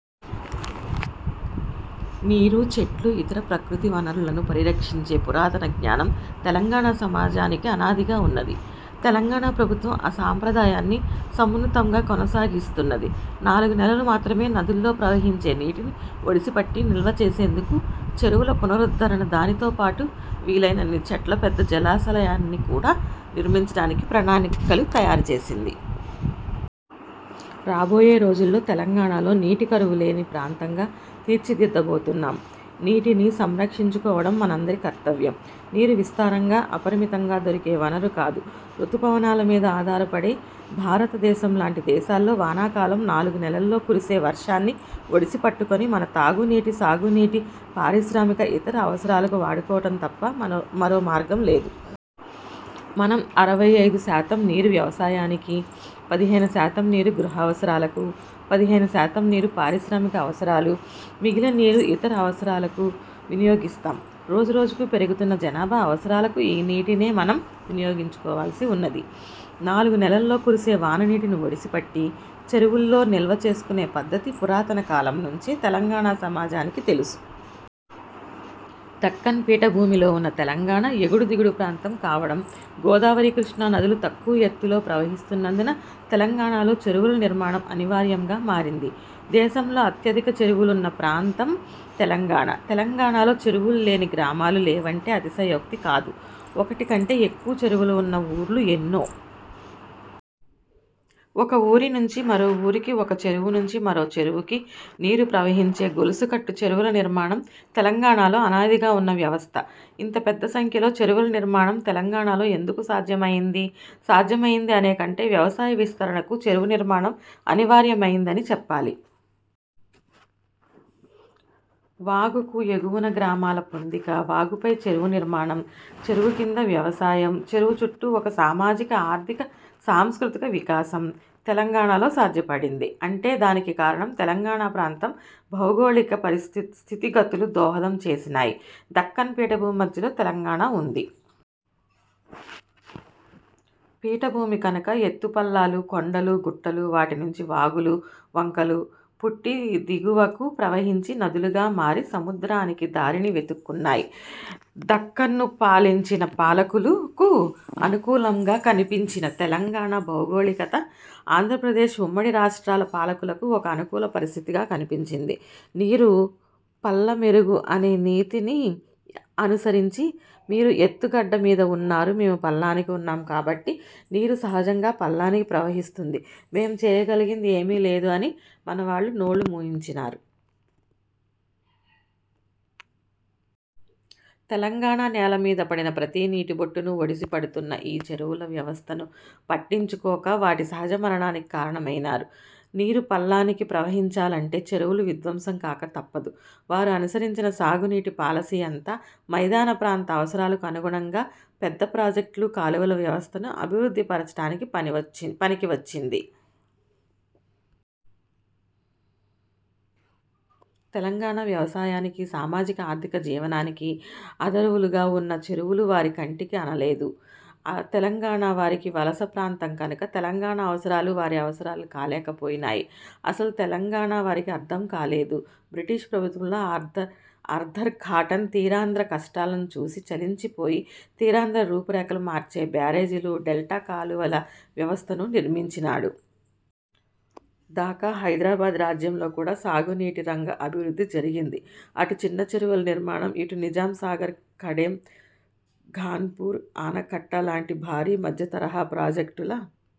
నీరు, చెట్లు, ఇతర ప్రకృతి వనరులను పరిరక్షించే పురాతన జ్ఞానం తెలంగాణ సమాజనికి అనాదిగా ఉన్నది. తెలంగాణ ప్రభుత్వం ఆ సాంప్రదాయాన్ని సమున్నతంగా కొనసాగిస్తున్నది. నాలుగు నెలలు మాత్రమే నదుల్లో ప్రవహించే నీటిని ఒడిసిపట్టి నిల్వ చేసేందుకు చెరువుల పునరుద్ధరణ, దానితోపాటు వీలయినన్ని చెట్ల పెద్ద జలాశయాలని కూడా నిర్మించడానికి ప్రణాళికలు తయారు చేసింది. రాబోయే రోజుల్లో తెలంగాణలో నీటి కరువు లేని ప్రాంతంగా తీర్చిదిద్దబోతున్నాం. నీటిని సంరక్షించుకోవడం మనందరి కర్తవ్యం. నీరు విస్తారంగా, అపరిమితంగా దొరికే వనరు కాదు. ఋతుపవనాల మీద ఆధారపడే భారత దేశం లాంటి దేశాల్లో వానాకాలం నాలుగు నెలల్లో కురిసే వర్షాన్ని ఒడిసిపట్టుకొని మన తాగు నీటి, సాగునీటి, పారిశ్రామిక, ఇతర అవసరాలకు వాడుకోవడం తప్ప మ మరో మార్గం లేదు. మనం అరవై ఐదు శాతం నీరు వ్యవసాయానికి, పదిహేను శాతం నీరు గృహావసరాలకు, పదిహేను శాతం నీరు పారిశ్రామిక అవసరాలు, మిగిలిన నీరు ఇతర అవసరాలకు వినియోగిస్తాం. రోజు రోజుకు పెరుగుతున్న జనాభా అవసరాలకు ఈ నీటినే మనం వినియోగించుకోవాల్సి ఉన్నది. నాలుగు నెలల్లో కురిసే వాన నీటిని ఒడిసి పట్టి చెరువుల్లో నిల్వ చేసుకునే పద్ధతి పురాతన కాలం నుంచే తెలంగాణ సమాజానికి తెలుసు. దక్కన్ పీఠభూమిలో ఉన్న తెలంగాణ ఎగుడు దిగుడు ప్రాంతం కావడం, గోదావరి కృష్ణా నదులు తక్కువ ఎత్తులో ప్రవహిస్తున్నందున తెలంగాణలో చెరువుల నిర్మాణం అనివార్యంగా మారింది. దేశంలో అత్యధిక చెరువులున్న ప్రాంతం తెలంగాణ. తెలంగాణలో చెరువులు లేని గ్రామాలు లేవంటే అతిశయోక్తి కాదు. ఒకటి కంటె ఎక్కువ చెరువులు ఉన్న ఊర్లు ఎన్నో. ఒక ఊరి నుంచి మరో ఊరికి, ఒక చెరువు నుంచి మరో చెరువుకి నీరు ప్రవహించే గొలుసుకట్టు చెరువుల నిర్మాణం తెలంగాణలో అనాదిగా ఉన్న వ్యవస్థ. ఇంత పెద్ద సంఖ్యలో చెరువుల నిర్మాణం తెలంగాణలో ఎందుకు సాధ్యమైంది? సాధ్యమైంది అనే కంటే వ్యవసాయ విస్తరణకు చెరువు నిర్మాణం అనివార్యమైంది అని చెప్పాలి. వాగుకు ఎగువన గ్రామాల పొందిక, వాగుపై చెరువు నిర్మాణం, చెరువు కింద వ్యవసాయం, చెరువు చుట్టూ ఒక సామాజిక, ఆర్థిక, సాంస్కృతిక వికాసం తెలంగాణలో సాధ్యపడింది అంటే దానికి కారణం తెలంగాణ ప్రాంతం భౌగోళిక పరిస్థి స్థితిగతులు దోహదం చేసినాయి. దక్కన్ పీఠభూమి మధ్యలో తెలంగాణ ఉన్నది. పీఠభూమి కనుక ఎత్తుపల్లాలు, కొండలు, గుట్టలు, వాటి నుంచి వాగులు, వంకలు పుట్టి దిగువకు ప్రవహించి, నదులుగా మారి సముద్రానికి దారిని వెతుక్కున్నాయి. దక్కన్ను పాలించిన పాలకులకు కు అనుకూలంగా కనిపించిన తెలంగాణ భౌగోళికత ఆంధ్రప్రదేశ్ ఉమ్మడి రాష్ట్ర పాలకులకు ఒక అనుకూల పరిస్థితిగా కనిపించింది. నీరు పల్లమెరుగు అనే నీతిని అనుసరించి మీరు ఎత్తు గడ్డ మీద ఉన్నారు, మేము పల్లానికి ఉన్నాము కాబట్టి నీరు సహజంగా పల్లానికి ప్రవహిస్తుంది, మేము చేయగలిగింది ఏమీ లేదు అని మన వాళ్ళ నోళ్ళు మూయించినారు. తెలంగాణ నేల మీద పడిన ప్రతి నీటిబొట్టును ఒడిసి పడుతున్న ఈ చెరువుల వ్యవస్థను పట్టించుకోక వాటి సహజ మరణానికి కారణమయినారు. నీరు పల్లానికి ప్రవహించాలంటే చెరువులు విధ్వంసం కాక తప్పదు. వారు అనుసరించిన సాగునీటి పాలసీ అంతా మైదాన ప్రాంత అవసరాలకు అనుగుణంగా పెద్ద ప్రాజెక్టులు, కాలువల వ్యవస్థను అభివృద్ధి పరచడానికి పని వచ్చి పనికి వచ్చింది. తెలంగాణ వ్యవసాయానికి, సామాజిక, ఆర్థిక జీవనానికి అధరువులుగా ఉన్న చెరువులు వారి కంటికి అనలేదు. తెలంగాణ వారికి వలస ప్రాంతం కనుక తెలంగాణ అవసరాలు వారి అవసరాలు కాలేకపోయినాయి. అసలు తెలంగాణ వారికి అర్థం కాలేదు. బ్రిటిష్ ప్రభుత్వంలో ఆర్థర్ ఆర్థర్ కాటన్ తీరాంధ్ర కష్టాలను చూసి చలించి పోయి తీరాంధ్ర రూపురేఖలు మార్చే బ్యారేజీలు, డెల్టా కాలువల వ్యవస్థను నిర్మించినాడు. దాకా హైదరాబాద్ రాజ్యంలో కూడా సాగునీటిరంగ అభివృద్ధి జరిగింది. అటు చిన్న చెరువుల నిర్మాణం, ఇటు నిజాంసాగర్, కడెం, ఘన్పూర్ ఆనకట్ట లాంటి భారీ, మధ్యతరహా ప్రాజెక్టుల